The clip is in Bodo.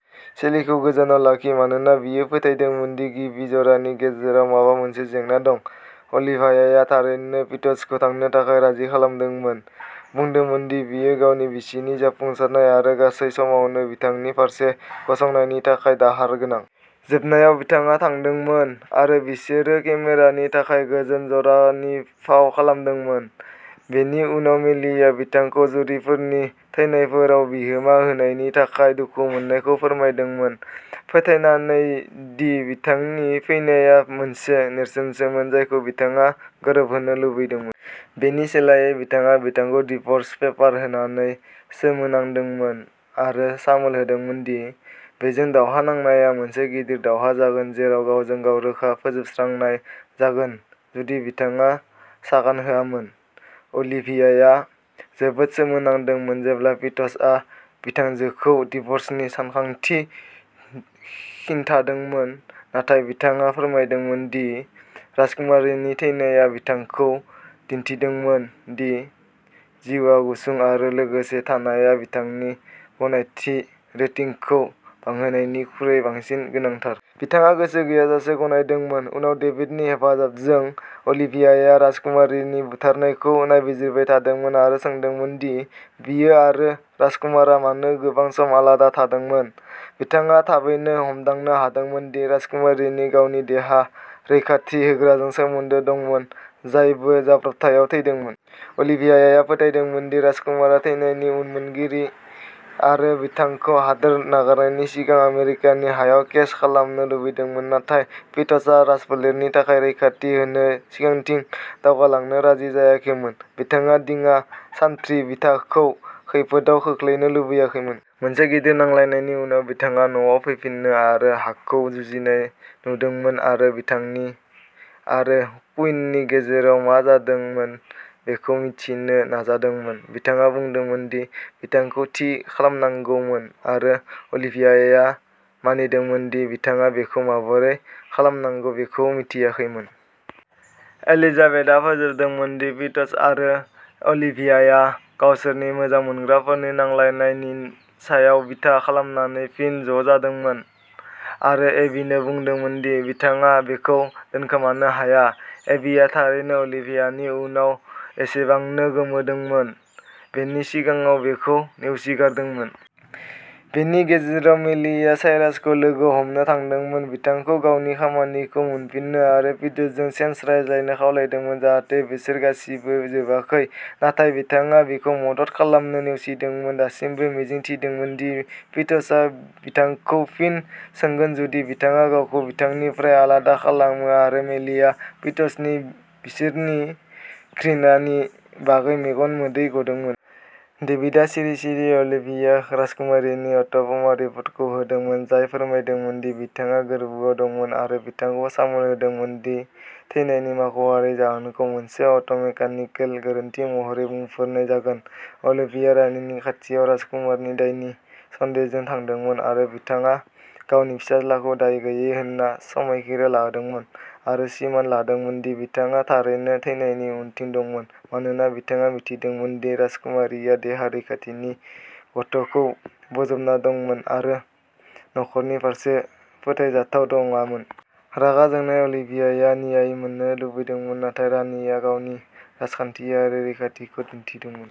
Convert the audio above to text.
सेलिखौ गोजानाव लाखि मानोना बियो फोथायदोंमोन दि गिबि जरानि गेजेराव माबा मोनसे जेंना दं। अलिभियाया थारैनो फिट्जखौ थांनो थाखाय राजि खालामदोंमोन बुंदोंमोन दि बियो गावनि बिसिनि जाफुंसारनाय आरो गासै समावनो बिथांनि फारसे गसंनायनि थाखाय "दाहार गोनां"। जोबनायाव बिथाङा थांदोंमोन आरो बिसोरो केमेरानि थाखाय गोजोन जरानि फाव खालामदोंमोन। बेनि उनाव मेलिआ बिथांखौ जुरीफोरनि थैनायफोराव बिहोमा होनायनि थाखाय दुखु मोन्नायखौ बुंदोंमोन फोथायनानै दि बिथांनि फैनाया मोनसे नेरसोनमोन जायखौ बिथाङा गोरोबहोनो लुबैदोंमोन। बेनि सोलायै बिथाङा बिथांखौ डिव'र्स पेपार होनानै सोमोनांदोंमोन आरो सामोल होदोंमोन दि बेजों दावहा नांनाया मोनसे गिदिर दावहा जागोन जेराव "गावजों-गाव रोखा फोजोबस्रांनाय" जागोन जुदि बिथाङा सागान होआमोन। अलिभियाया जोबोद सोमोनांदोंमोन जेब्ला फिट्जआ बिथांजोखौ डिव'र्सनि सानथांखि खिन्थादोंमोन नाथाय बिथाङा फोरमायदोंमोन दि राजकुमारीनि थैनाया बिथांखौ दिन्थिदोंमोन दि जिउआ गुसुं आरो लोगोसे थानाया बिथांनि गनायथि रेटिंखौ बांहोनायनिख्रुइ बांसिन गोनांथार। बिथाङा गोसो गैयाजासे गनायदोंमोन। उनाव डेभिडनि हेफाजाबजों अलिभियाया राजकुमारीनि बुथारनायखौ नायबिजिरबाय थादोंमोन आरो सोंदोंमोन दि बियो आरो राजकुमारआ मानो गोबां सम आलादा थादोंमोन। बिथाङा थाबैनो हमदांनो हादोंमोन दि राजकुमारीनि गावनि देहा रैखाथि होग्राजों सोमोन्दो दंमोन जायबो जाब्रबथायाव थैदोंमोन। अलिभियाया फोथायदोंमोन दि राजकुमारआ थैनायनि उनमोनगिरि आरो बिथांखौ हादोर नागारनायनि सिगां आमेरिकानि हायाव केस खालामनो लुबैदोंमोन नाथाय फिट्जआ राजफोलेरनि थाखाय रैखाथि होनो सिगांथिं दावगालांनो राजि जायाखैमोन बिथांनि दिङा सान्थ्रि बिथाखौ खैफोदआव खोख्लैनो लुबैयाखैमोन। मोनसे गिदिर नांलायनायनि उनाव बिथाङा न'आव फैफिनो आरो हाकखौ जुजिनाय नुदोंमोनआरो बिथांनि आरो क्विननि गेजेराव मा जादोंमोन बेखौ मिथिनो नाजादोंमोन। बिथाङा बुंदोंमोन दि बिथांखौ "थि" खालामनांगौमोन आरो अलिभियाया मानिदोंमोन दि बिथाङा बेखौ माबोरै खालामनांगौ बेखौ मिथियाखैमोन। एलिजाबेथआ फोजोबदोंमोन दि फिट्ज आरो अलिभियाया गावसोरनि "मोजां मोनग्राफोरनि नांलायनाय" नि सायाव बिथा खालामनानै फिन ज'जादोंमोन आरो एबीनो बुंदोंमोन दि बिथाङा बेखौ दोनखोमानो हाया। एबीआ थारैनो अलिभियानि उनाव एसेबांनो गोमोदोंमोन। बेनि सिगाङाव बेखौ नेवसिगारदोंमोन। बेनि गेजेराव मेलिआ साइरासखौ लोगो हमनो थांदोंमोन बिथांखौ गावनि खामानिखौ मोनफिन्नो आरो फिट्जजों "सेन्स" रायज्लायनो खावलायदोंमोन जाहाथे बिसोर "गासिबो जोबाखै"। नाथाय बिथाङा बिखौ मदद खालामनो नेवसिगारदोंमोन दासिमबो मिजिं थिदोंमोन दि फिट्जआ बिथांखौ फिन सोंगोन जुदि बिथाङा गावखौ बिथांनिफ्राय आलादा खालामो आरो मेलिआ फिट्जनि बिसोरनि "घृणा" नि बागै मेगन मोदै गदोंमोन। डेभिडआ सिरि सिरि अलिभिया राजकुमारीनि अट'प'मा रिपर्टखौ होदोंमोन जाय फोरमायदोंमोन दि बिथाङा गोर्बोआव दंमोन आरो बिथांखौ सामोल होदोंमोन दि थैनायनि मावख'आरि जाहोनखौ मोनसे अट'मेकानिकेल गोरोन्थि महरै बुंफोरनाय जागोन। अलिभियाया रानीनि खाथियाव राजकुमारनि दायनि सन्देहजों थांदोंमोन आरो बिथाङा गावनि फिसाज्लाखौ दाय गैयै होन्ना समायखिरा लादोंमोन आरो सिमान लादोंमोन दि बिथाङा थारैनो थैनायनि उनथिं दंमोन मानोना बिथाङा मिथिदोंमोन दि राजकुमारीया देहा रैखाथिनि गथ'खौ बोजबना दंमोन आरो न'खरनि फारसे फोथायजाथाव नङामोन। रागा जोंनाय अलिभियाया "न्याय" मोन्नो लुबैदोंमोन नाथाय रानीया गावनि राजखानथियारि रैखाथिखौ दिन्थिदोंमोन।